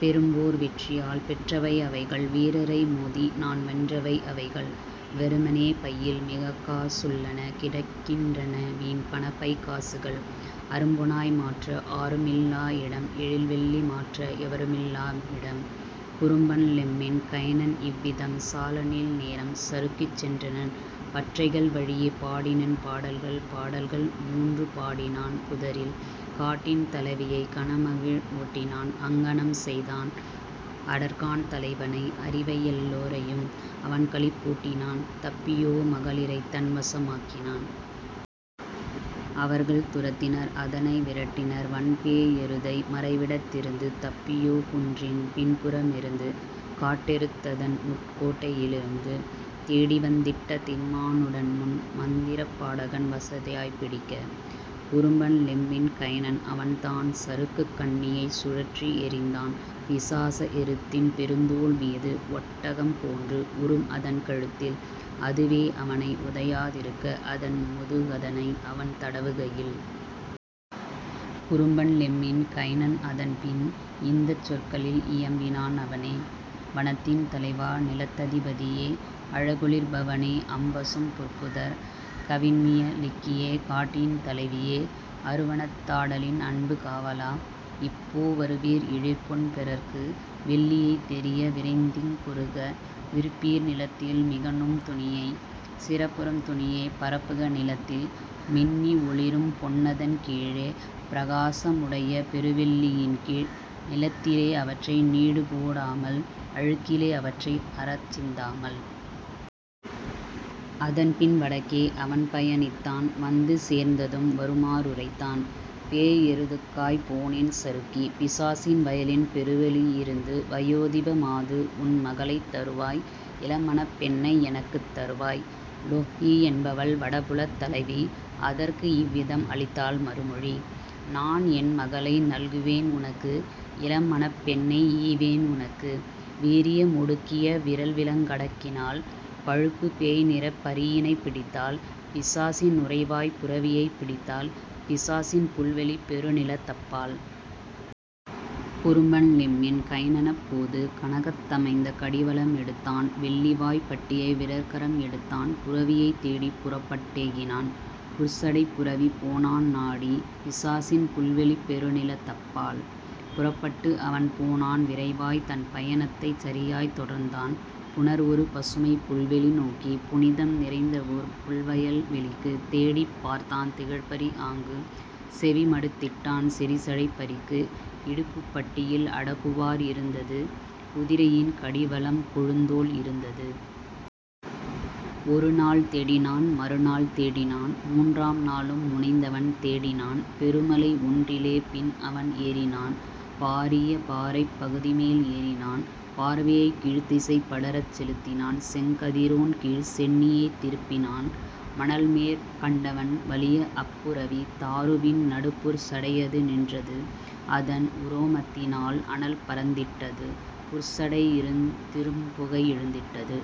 பெரும்போர் வெற்றியால் பெற்றவை அவைகள் வீரரை மோதிநான் வென்றவை அவைகள்; வெறுமனே பையில் மிகக்கா சுள்ளன கிடக்கின் றனவீண் பணப்பைக் காசுகள் அரும்பொனாய் மாற்ற ஆருமில் லாஇடம் எழில்வெள்ளி மாற்ற எவருமில் லாவிடம். " குறும்பன் லெம்மின் கைனன் இவ்விதம் சாலநீள் நேரம் சறுக்கிச் சென்றனன் பற்றைகள் வழியே பாடினன் பாடல்கள் பாடல்கள் மூன்று பாடினான் புதரில் காட்டின் தலைவியை கனமகிழ் வூட்டினான் அங்ஙனம் செய்தான் அடர்கான் தலைவனை அரிவையெல் லோரையும் அவன்களிப் பூட்டினான் தப்பியோ மகளிரைத் தன்வச மாக்கினான். அவர்கள் துரத்தினர் அதனை விரட்டினர் வன்பேய் எருதை மறைவிடத் திருந்து தப்பியோ குன்றின் பின்புற மிருந்து காட்டெருத் ததன்உட் கோட்டையி லிருந்து தேடிவந் திட்ட திண்மா னுடன்முன் மந்திரப் பாடகன் வசதியாய்ப் பிடிக்க. குறும்பன் லெம்மின் கைனன் அவன்தான் சருக்குக் கண்ணியைச் சுழற்றி எறிந்தான் பிசாச எருத்தின் பெருந்தோள் மீது ஒட்டகம் போன்று உறும்அதன் கழுத்தில் அதுவே அவனை உதையா திருக்க அதன்முது கதனை அவன்தட வுகையில். குறும்பன் லெம்மின் கைனன் அதன்பின் இந்தச் சொற்களில் இயம்பினான் அவனே: "வனத்தின் தலைவ, நிலத்ததி பதியே! அழகொளிர் பவனே அம்பசும் புற்புதர்! கவின்மிய லிக்கியே, காட்டின் தலைவியே! அருவனத் தாடலின் அன்புக் காவல! இப்போ வருவீர், எழிற்பொன் பெறற்கு! வெள்ளியைத் தெரிய விரைந்திங் குறுக விரிப்பீர் நிலத்தில் மிகநும் துணியை சிறப்புறும் துணியைப் பரப்புக நிலத்தில் மின்னி ஒளிரும் பொன்னதன் கீழே பிரகாச முடைய பெருவெள் ளியின்கீழ் நிலத்திலே அவற்றை நீடுபோ டாமல் அழுக்கிலே அவற்றை அறச் சிந்தாமல். " அதன்பின் வடக்கே அவன்பய ணித்தான் வந்து சேர்ந்ததும் வருமா றுரைத்தான்: "பேய்எரு துக்காய்ப் போனேன் சறுக்கி பிசாசின் வயலின் பெருவெளி யிருந்து வயோதிப மாதுஉன் மகளைத் தருவாய் இளம்மணப் பெண்ணை எனக்குத் தருவாய்! " லொவ்ஹி என்பவள் வடபுலத் தலைவி அதற்கு இவ்விதம் அளித்தாள் மறுமொழி: "நான்என் மகளை நல்குவேன் உனக்கு இளம்மணப் பெண்ணை ஈவேன் உனக்கு வீரிய மொடுக்கிய விறல்விலங் கடக்கினால் பழுப்புப் பேய்நிறப் பரியினைப் பிடித்தால் பிசாசின் நுரைவாய்ப் புரவியைப் பிடித்தால் பிசாசின் புல்வெளிப் பெருநிலத் தப்பால். " குறும்பன் லெம்மின் கைனனப் போது கனகத் தமைந்த கடிவள மெடுத்தான் வெள்ளிவாய்ப் பட்டியை விறற்கரம் எடுத்தான் புரவியைத் தேடிப் புறப்பட் டேகினான் புற்சடைப் புரவி போனான் நாடி பிசாசின் புல்வெளிப் பெருநிலத் தப்பால். புறப்பட் டுஅவன் போனான் விரைவாய் தன்பய ணத்தைச் சரியாய்த் தொடர்ந்தான் புணர்ஒரு பசுமைப் புல்வெளி நோக்கி புனிதம் நிறைந்தவோர் புல்வயல் வெளிக்கு தேடிப் பார்த்தான் திகழ்பரி ஆங்கு செவிமடுத் திட்டான் செறிசடைப் பரிக்கு இடுப்புப் பட்டியில் அடக்குவார் இருந்தது குதிரையின் கடிவளம் கொழுந்தோள் இருந்தது. ஒருநாள் தேடினான் மறுநாள் தேடினான் மூன்றாம் நாளும் முனைந்தவன் தேடினான் பெருமலை ஒன்றிலே பின்அவன் ஏறினான் பாரிய பாறைப் பகுதிமேல் ஏறினான் பார்வையைக் கீழ்த்திசை படரச் செலுத்தினான் செங்கதி ரோன்கீழ் சென்னியைத் திருப்பினான் மணல்மேற் கண்டவன் வலியஅப் புரவி தாருவின் நடுபுற் சடையது நின்றது அதன்உரோ மத்தினால் அனல்பறந் திட்டது புற்சடை யிருந்திரும் புகைஎழுந் திட்டது.